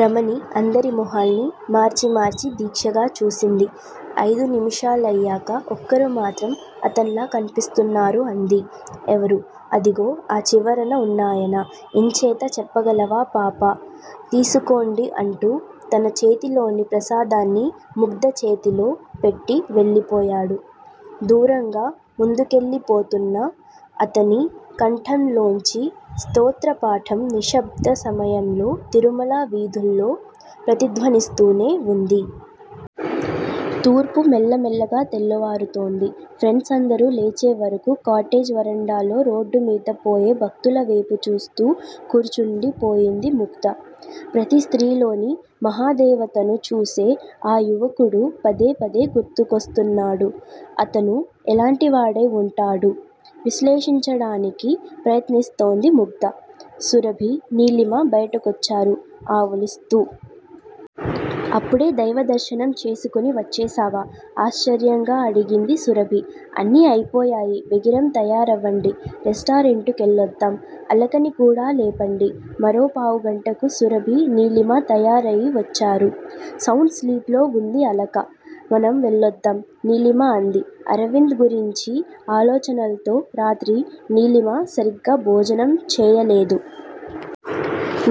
రమణి అందరి మొహాల్ని మార్చి మార్చి దీక్షగా చూసింది. అయిదు నిమిషాలయ్యాక ఒక్కరు మాత్రం అతన్లా కన్పిస్తున్నారు! అంది. ఎవరు? అదిగో ఆ చివరన ఉన్నాయన! ఎంచేత చెప్పగలవా పాపా? తీసుకోండి అంటూ తన చేతిలోని ప్రసాదాన్ని ముగ్ధ చేతిలో పెట్టి వెళ్లిపోయాడు. దూరంగా, ముందుకెళ్ళి పోతున్నా అతని కంఠంలోంచి స్తోత్రపాఠం నిశ్శబ్ద సమయంలో తిరుమల వీధుల్లో ప్రతిధ్వనిస్తూనే వుంది. తూర్పు మెల్లమెల్లగా తెల్లవారుతోంది. ఫ్రెండ్స్ అందరూ లేచేవరకూ కాటేజ్ వరండాలో రోడ్డుమీద పోయే భక్తులవేపు చూస్తూ కూర్చుండి పోయింది ముగ్ధ. ప్రతి స్త్రీలోని మహాదేవతను చూసే ఆ యువకుడు' పదే పదే గుర్తు కొస్తున్నాడు. అతను ఎలాంటివాడై వుంటాడు? విశ్లేషించడానికి ప్రయత్నిస్తోంది ముగ్ధ. సురభి, నీలిమ బయటకొచ్చారు ఆవులిస్తూ. అప్పుడే దైవదర్శనం చేసుకుని వచ్చేశావా! ఆశ్చర్యంగా అడిగింది సురభి. అన్నీ అయిపోయాయి వేగిరం తయారవండి. రెస్టారెంటు కెళ్ళొద్దాం. అలకని కూడా లేపండి. మరో పావుగంటకు సురభి, నీలిమ తయారయి వచ్చారు. సౌండ్ స్లీప్ లో వుంది అలక. మనం వెళ్ళొద్దాం నీలిమ అంది. అరవింద్ గురించి ఆలోచనల్తో రాత్రి నీలిమ సరిగ్గా భోజనం చెయ్యలేదు.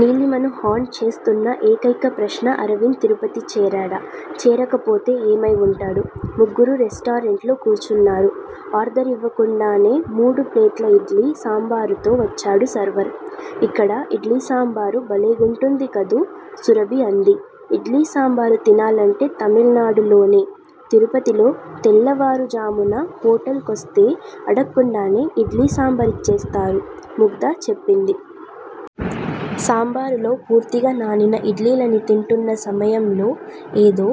నీలిమను హంట్ చేస్తున్న ఏకైక ప్రశ్న- అరవింద్ తిరుపతి చేరాడా? చేరకపోతే ఏమైవుంటాడు? ముగ్గురూ రెస్టారెంట్లో కూర్చున్నారు. ఆర్దరివ్వకుండానే మూడు ప్లేట్ల ఇడ్లీ సాంబారుతో వచ్చాడు సర్వర్. ఇక్కడ ఇడ్లీ సాంబారు భలేగుంటుంది కదూ సురభి అంది. ఇడ్లీ సాంబారు తినాలంటే తమిళనాడులోనే, తిరుపతిలో తెల్లవారు ఝామున హోటల్ కొస్తే అడక్కుండానే ఇడ్లీ సాంబారిచ్చేస్తారు ముగ్ధ చెప్పింది. సాంబారులో పూర్తిగా నానిన ఇడ్లీలని తింటున్న సమయంలో- ఏదో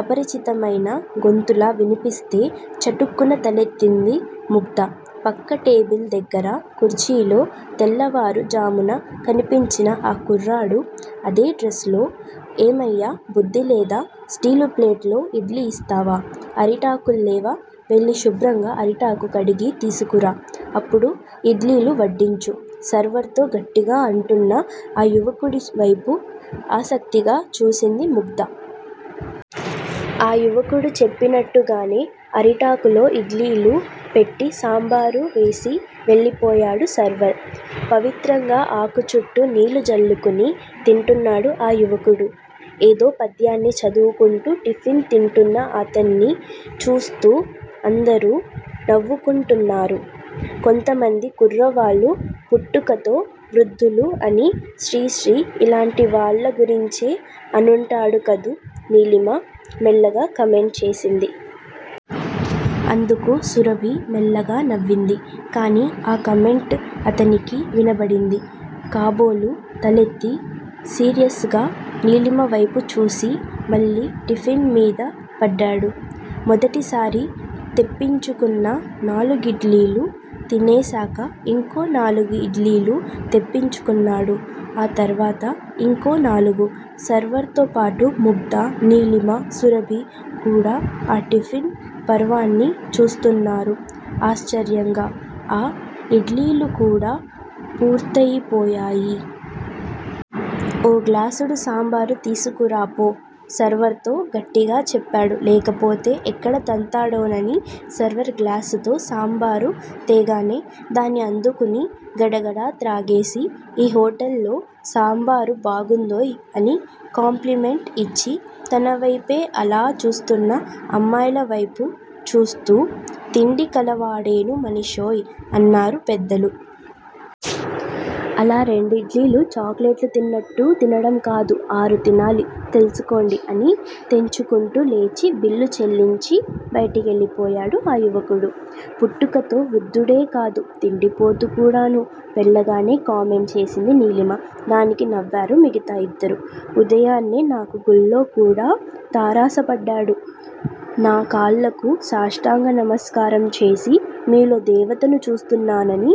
అపరిచితమైన గొంతులా విన్పిస్తే చటుక్కున తలెత్తింది ముగ్ధ. పక్కటేబిల్ దగ్గర కుర్చీలో- తెల్లవారు జామున కన్పించిన ఆ కుర్రాడు! అదే డ్రెస్ లో- ఏమయ్యా బుద్దిలేదా, స్టీలుప్లేట్ లో ఇడ్లీ ఇస్తావా అరిటాకుల్లేవా వెళ్లి శుభ్రంగా అరిటాకు కడిగి తీసుకురా అప్పుడు ఇడ్లీలు వడ్డించు సర్వర్ తో గట్టిగా అంటున్న ఆ యువకుడి వైపు ఆసక్తిగా చూసింది ముగ్ధ. ఆ యువకుడు చెప్పినట్లుగానే అరిటాకులో ఇడ్లీలు పెట్టి సాంబారు వేసి వెళ్లిపోయాడు సర్వర్. పవిత్రంగా ఆకు చుట్టూ నీళ్ళు జల్లుకుని తింటున్నాడు ఆ యువకుడు. ఏదో పద్యాన్ని చదువుకుంటూ టిఫిన్ తింటున్న అతన్ని చూస్తూ అందరూ నవ్వుకుంటున్నారు. కొంతమంది కుర్రవాళ్ళు పుట్టుకతో వృద్దులు అని శ్రీ శ్రీ ఇలాంటివాళ్ళ గురించే అనుంటాడు కదూ నీలిమ మెల్లగా కామెంట్ చేసింది. అందుకు సురభి మెల్లగా నవ్వింది. కానీ ఆ కామెంట్ అతనికి వినబడింది కాబోలు తలెత్తి సీరియస్ గా నీలిమవేపుచూసి మళ్ళీ టిఫిన్ మీద పడ్డాడు. మొదటిసారి తెప్పించుకున్న నాలుగిడ్లీలూ తినేసాక ఇంకో నాలుగు ఇడ్లీలు తెప్పించుకున్నాడు. ఆ తర్వాత ఇంకో నాలుగు. సర్వర్ తోపాటు ముగ్ధ, నీలిమ, సురభి, కూడా ఆ టిఫిన్ పర్వాన్ని చూస్తున్నారు ఆశ్చర్యంగా, ఆ ఇడ్లీలుకూడా పూర్తయిపోయాయి. ఓ గ్లాసుడు సాంబారు తీసుకురా పో సర్వర్ తో గట్టిగా చెప్పాడు లేకపోతే ఎక్కడ తంతాడోనని, సర్వర్ గ్లాసుతో సాంబారు తేగానే దాన్ని అందుకుని గడగడా త్రాగేసి, ఈ హోటల్లో సాంబారు బాగుందోయ్ అని కాంప్లిమెంట్ ఇచ్చి తన వైపే అలా చూస్తున్న అమ్మాయిల వైపు చూస్తూ, తిండి కలవాడేను మనిషోయ్ అన్నారు పెద్దలు. అలా రెండిడ్లీలు చాక్లేట్లు తిన్నట్టు తినడంకాదు. ఆరు తినాలి తెల్సుకోండి అని తేన్చుకుంటూ లేచి బిల్లు చెల్లించి బయటికెళ్ళిపోయాడు ఆ యువకుడు. పుట్టుకతో వృద్దుడేకాదు తిండిపోతు కూడాను వెళ్ళగానే కామెంట్ చేసింది నీలిమ. దానికి నవ్వారు మిగతా ఇద్దరూ. ఉదయాన్నే నాకు గుళ్ళోకూడా తారసపడ్డాడు. నా కాళ్ళకు సాష్టాంగ నమస్కారంచేసి మీలో దేవతను చూస్తున్నానని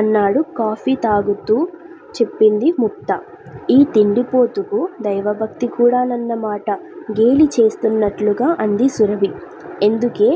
అన్నాడు కాఫీ తాగుతూ చెప్పింది ముగ్ధ. ఈ తిండిపొతుకు దైవభక్తికూడానన్నమాట గేలిచేస్తున్నట్లుగా అంది సురభి. ఎందుకే